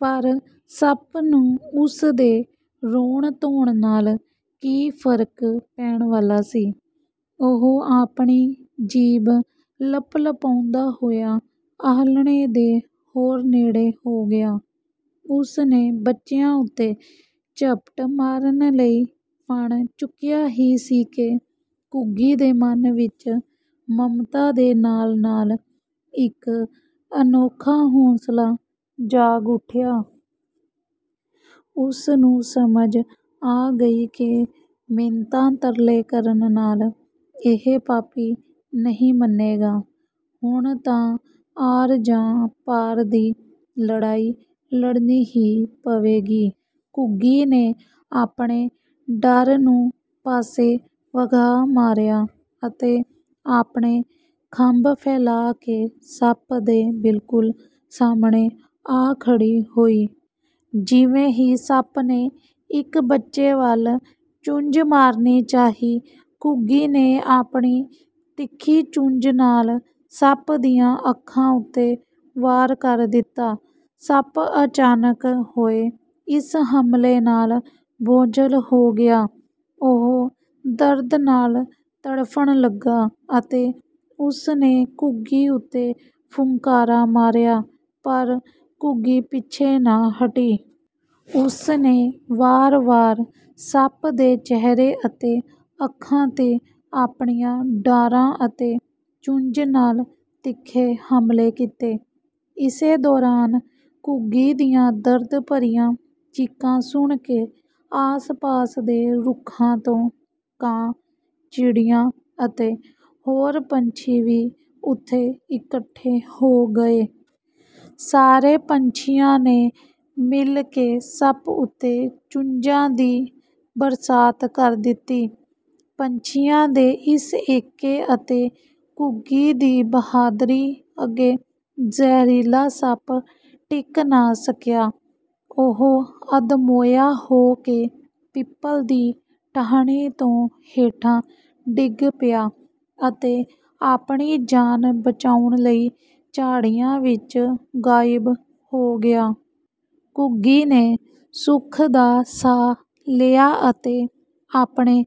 ਪਰ ਸੱਪ ਨੂੰ ਉਸ ਦੇ ਰੋਣ-ਧੋਣ ਨਾਲ ਕੀ ਫ਼ਰਕ ਪੈਣ ਵਾਲਾ ਸੀ! ਉਹ ਆਪਣੀ ਜੀਭ ਲਪਲਪਾਉਂਦਾ ਹੋਇਆ ਆਹਲਣੇ ਦੇ ਹੋਰ ਨੇੜੇ ਹੋ ਗਿਆ। ਉਸ ਨੇ ਬੱਚਿਆਂ ਉੱਤੇ ਝਪਟ ਮਾਰਨ ਲਈ ਫਣ ਚੁੱਕਿਆ ਹੀ ਸੀ ਕਿ ਘੁੱਗੀ ਦੇ ਮਨ ਵਿੱਚ ਮਮਤਾ ਦੇ ਨਾਲ-ਨਾਲ ਇੱਕ ਅਨੋਖਾ ਹੌਂਸਲਾ ਜਾਗ ਉੱਠਿਆ। ਉਸ ਨੂੰ ਸਮਝ ਆ ਗਈ ਕਿ ਮਿੰਨਤਾਂ-ਤਰਲੇ ਕਰਨ ਨਾਲ ਇਹ ਪਾਪੀ ਨਹੀਂ ਮੰਨੇਗਾ, ਹੁਣ ਤਾਂ ਆਰ ਜਾਂ ਪਾਰ ਦੀ ਲੜਾਈ ਲੜਨੀ ਹੀ ਪਵੇਗੀ। ਘੁੱਗੀ ਨੇ ਆਪਣੇ ਡਰ ਨੂੰ ਪਾਸੇ ਵਗਾਹ ਮਾਰਿਆ ਅਤੇ ਆਪਣੇ ਖੰਭ ਫੈਲਾ ਕੇ ਸੱਪ ਦੇ ਬਿਲਕੁਲ ਸਾਹਮਣੇ ਆ ਖੜ੍ਹੀ ਹੋਈ। ਜਿਵੇਂ ਹੀ ਸੱਪ ਨੇ ਇੱਕ ਬੱਚੇ ਵੱਲ ਚੁੰਝ ਮਾਰਨੀ ਚਾਹੀ, ਘੁੱਗੀ ਨੇ ਆਪਣੀ ਤਿੱਖੀ ਚੁੰਝ ਨਾਲ ਸੱਪ ਦੀਆਂ ਅੱਖਾਂ ਉੱਤੇ ਵਾਰ ਕਰ ਦਿੱਤਾ! ਸੱਪ ਅਚਾਨਕ ਹੋਏ ਇਸ ਹਮਲੇ ਨਾਲ ਬੋਝਲ ਹੋ ਗਿਆ। ਉਹ ਦਰਦ ਨਾਲ ਤੜਫਣ ਲੱਗਾ ਅਤੇ ਉਸ ਨੇ ਘੁੱਗੀ ਉੱਤੇ ਫੁੰਕਾਰਾ ਮਾਰਿਆ, ਪਰ ਘੁੱਗੀ ਪਿੱਛੇ ਨਾ ਹਟੀ। ਉਸ ਨੇ ਵਾਰ-ਵਾਰ ਸੱਪ ਦੇ ਚਿਹਰੇ ਅਤੇ ਅੱਖਾਂ 'ਤੇ ਆਪਣੀਆਂ ਡਾਰਾਂ ਅਤੇ ਚੁੰਝ ਨਾਲ ਤਿੱਖੇ ਹਮਲੇ ਕੀਤੇ। ਇਸੇ ਦੌਰਾਨ ਘੁੱਗੀ ਦੀਆਂ ਦਰਦ ਭਰੀਆਂ ਚੀਕਾਂ ਸੁਣ ਕੇ ਆਸ-ਪਾਸ ਦੇ ਰੁੱਖਾਂ ਤੋਂ ਕਾਂ, ਚਿੜੀਆਂ ਅਤੇ ਹੋਰ ਪੰਛੀ ਵੀ ਉੱਥੇ ਇਕੱਠੇ ਹੋ ਗਏ। ਸਾਰੇ ਪੰਛੀਆਂ ਨੇ ਮਿਲ ਕੇ ਸੱਪ ਉੱਤੇ ਚੁੰਝਾਂ ਦੀ ਬਰਸਾਤ ਕਰ ਦਿੱਤੀ। ਪੰਛੀਆਂ ਦੇ ਇਸ ਏਕੇ ਅਤੇ ਘੁੱਗੀ ਦੀ ਬਹਾਦਰੀ ਅੱਗੇ ਜ਼ਹਿਰੀਲਾ ਸੱਪ ਟਿਕ ਨਾ ਸਕਿਆ। ਉਹ ਅੱਧਮੋਇਆ ਹੋ ਕੇ ਪਿੱਪਲ ਦੀ ਟਾਹਣੀ ਤੋਂ ਹੇਠਾਂ ਡਿੱਗ ਪਿਆ ਅਤੇ ਆਪਣੀ ਜਾਨ ਬਚਾਉਣ ਲਈ ਝਾੜੀਆਂ ਵਿੱਚ ਗਾਇਬ ਹੋ ਗਿਆ। ਘੁੱਗੀ ਨੇ ਸੁੱਖ ਦਾ ਸਾਹ ਲਿਆ ਅਤੇ ਆਪਣੇ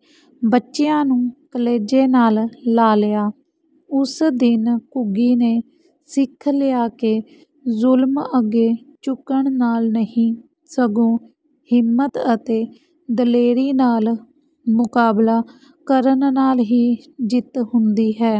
ਬੱਚਿਆਂ ਨੂੰ ਕਲੇਜੇ ਨਾਲ ਲਾ ਲਿਆ। ਉਸ ਦਿਨ ਘੁੱਗੀ ਨੇ ਸਿੱਖ ਲਿਆ ਕਿ ਜ਼ੁਲਮ ਅੱਗੇ ਝੁਕਣ ਨਾਲ ਨਹੀਂ, ਸਗੋਂ ਹਿੰਮਤ ਅਤੇ ਦਲੇਰੀ ਨਾਲ ਮੁਕਾਬਲਾ ਕਰਨ ਨਾਲ ਹੀ ਜਿੱਤ ਹੁੰਦੀ ਹੈ।